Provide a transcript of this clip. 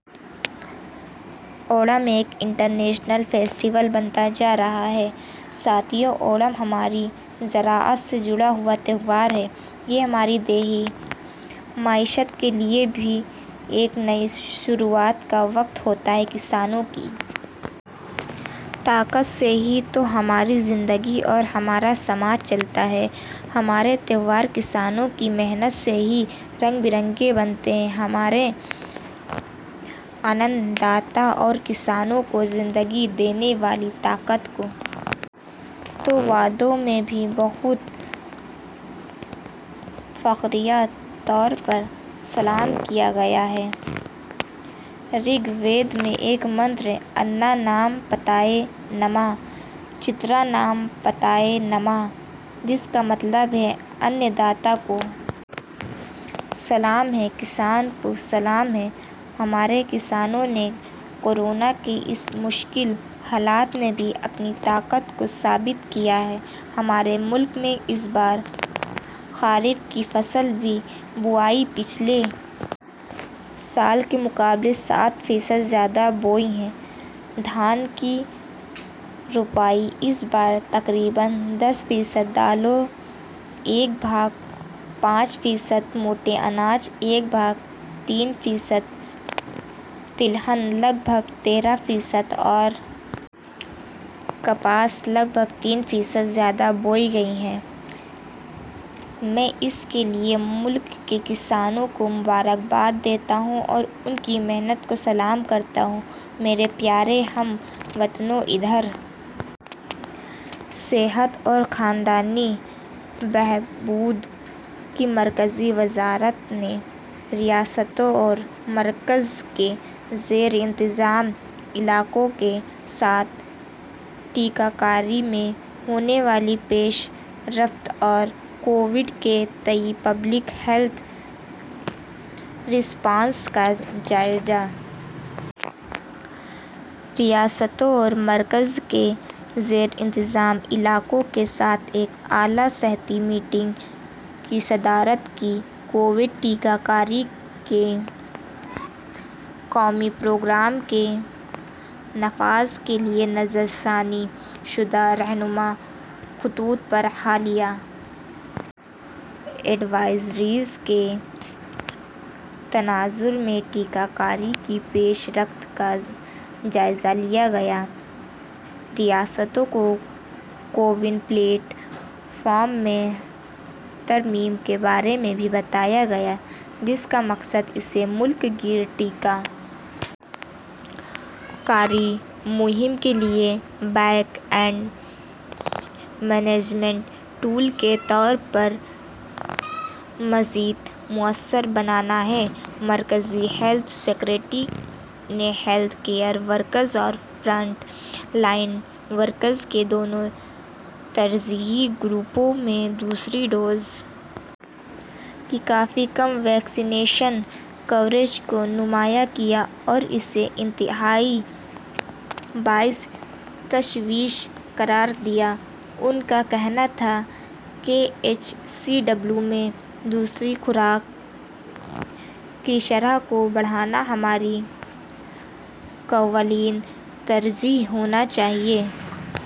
اونم ایک international festival بنتا جا رہا ہے ساتھیو اونم ہماری زراعت سے جڑا ہوا تہوار ہے یہ ہماری دیہی معیشت کے لیے بھی ایک نئی شروعات کا وقت ہوتا ہے کسانوں کی طاقت سے ہی تو ہماری زندگی اور ہمارا سماج چلتا ہے ہمارے تہوار کسانوں کی محنت سے ہی رنگ برنگے بنتے ہیں ہمارے اَن داتا اور کسانوں کو زندگی دینے والی طاقت کو تو ویدوں میں بھی بہت فخریہ طور پر سلام کیا گیا ہے رگ وید میں ایک منتر ہے اَنّا نام پتائے نماہ چھیترا نام پتائے نماہ جس کا مطلب ہے اَن داتا کو سلام ہے کسان کو سلام ہے ہمارے کسانوں نے کورونا کے اس مشکل حالات میں بھی اپنی طاقت کو ثابت کیا ہے ہمارے ملک میں اس بار خریف کی فصل کی بوائی پچھلے سال کے مقابلے سات فیصد زیادہ ہوئی ہے دھان کی روپائی اس بار تقریباً دس فیصد دالیں لگ بھگ پانچ فیصد موٹے اناج لگ بھگ تین فیصد تلہن لگ بھگ تیرہ فیصد اور کپاس لگ بھگ تین فیصد زیادہ بوئی گئی ہے میں اس کے لیے ملک کے کسانوں کو مبارکباد دیتا ہوں اور ان کی محنت کو سلام کرتا ہوں میرے پیارے ہم وطنو ادھر صحت اور خاندانی بہبود کی مرکزی وزارت نے ریاستوں اور مرکز کے زیر انتظام علاقوں کے ساتھ ٹیکہ کاری میں ہونے والی پیش رفت اور کووڈ کے تئیں پبلک ہیلتھ رسپانس کا جائزہ ریاستوں اور مرکز کے زیر انتظام علاقوں کے ساتھ ایک اعلیٰ سطحی میٹنگ کی صدارت کی کووڈ ٹیکہ کاری کے قومی پروگرام کے نفاذ کے لیے نظر ثانی شدہ رہنما خطوط اور حالیہ ایڈوائزریز کے تناظر میں ٹیکہ کاری کی پیش رفت کا جائزہ لیا گیا ریاستوں کو کووِن پلیٹ فارم میں ترمیم کے بارے میں بھی بتایا گیا جس کا مقصد اسے ملک گیر ٹیکہ کاری مہم کے لیے بیک اینڈ مینجمنٹ ٹول کے طور پر مزید موثر بنانا ہے مرکزی ہیلتھ سکریٹری نے ہیلتھ کیئر ورکرز اور فرنٹ لائن ورکرز کے دونوں ترجیحی گروپوں میں دوسری ڈوز کی کافی کم ویکسینیشن کوریج کو نمایاں کیا اور اسے انتہائی باعث تشویش قرار دیا ان کا کہنا تھا کہ ایچ سی ڈبلیو میں دوسری خوراک کی شرح کو بڑھانا ہماری اولین ترجیح ہونا چاہیے